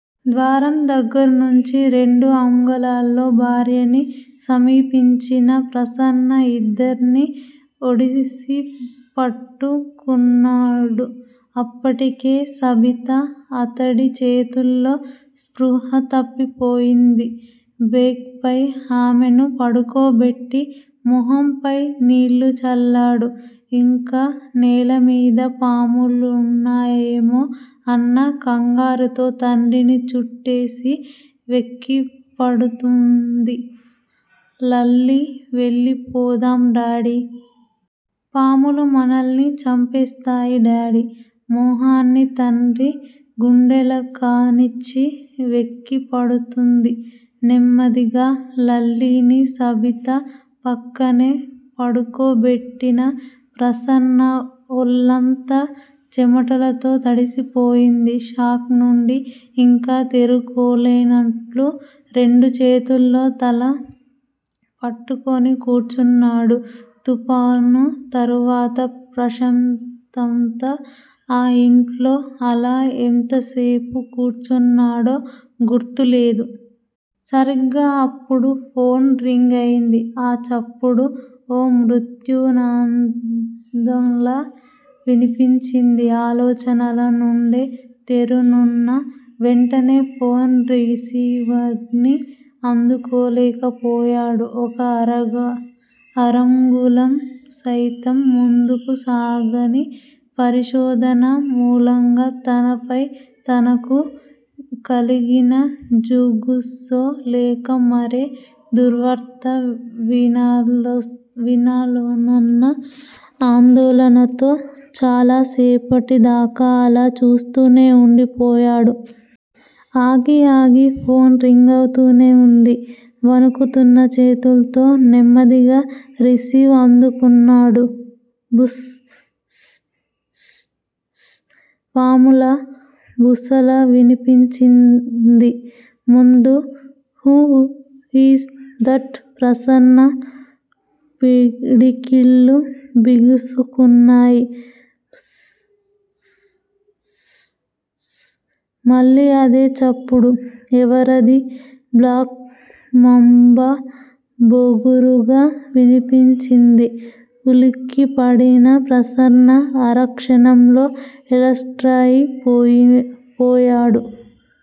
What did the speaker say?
ద్వారం దగ్గర్నుంచి రెండు అంగులల్లో భార్యని సమీపించిన ప్రసన్న ఇద్దర్నీ ఒడిసిపట్టుకున్నాడు. అప్పటికే సబిత అతడి చేతుల్లో స్పృహ తప్పిపోయింది. బెడ్ పై ఆమెను పడుకోబెట్టి మొహంపై నీళ్ళు చల్లాడు ఇంకా నేలమీద పాములున్నాయేమో అన్న కంగారుతో తండ్రిని చుట్టేసి వెక్కిపడుతూంది లల్లీ వెళ్ళిపోదాం డాడీ. పాములు మనల్ని చంపేస్తాయి డాడీ మొహాన్ని తండ్రి గుండెలకానిచ్చి వెక్కిపడుతూంది. నెమ్మదిగా లల్లీని సబిత పక్కనే పడుకోబెట్టిన ప్రసన్న ఒళ్ళంతా చెమటలతో తడిసిపోయింది. షాక్ నుండి ఇంకా తేరుకోలేనట్లు రెండు చేతుల్లో తల పట్టుకుని కూర్చున్నాడు తుఫాను తర్వాత ప్రశాంతత ఆ ఇంటిలో. అలా ఎంతసేపు కూర్చున్నాడో గుర్తులేదు. సరిగ్గా అప్పుడు ఫోన్ రింగయింది ఆ చప్పుడు ఓ మృత్యునాదంలా వినిపించింది ఆలోచనలనుండే తేరుకున్నా వెంటనే ఫోన్ రిసీవర్ని అందుకోలేకపోయాడు ఒక్క అరంగుళం సైతం ముందుకు సాగని పరిశోధన మూలంగా తనపై తనకు కలిగిన జుగుస్సో లేక మరే దుర్వార్త వినాలోనన్న ఆందోళనతో చాలా సేపటిదాకా అలా చూస్తూనే వుండిపోయాడు. ఆగి ఆగి ఫోన్ రింగవుతూనే వుంది. వణుకుతున్న చేతుల్తో నెమ్మదిగా రిసీవర్ అందుకున్నాడు. బుస్ స్ స్ స్ పాములా బుసలా వినిపించింది ముందు హు యీజ్ దట్ ప్రసన్న పిడికిళ్ళు బిగుసుకున్నాయి. బుస్ స్ స్ స్ మళ్ళీ అదే చప్పుడు. ఎవరది? బ్లాక్ మాంబా బొంగురుగా వినిపించింది ఉలికిపడిన ప్రసన్న అరక్షణంలో ఎలర్టయిపోయాడు.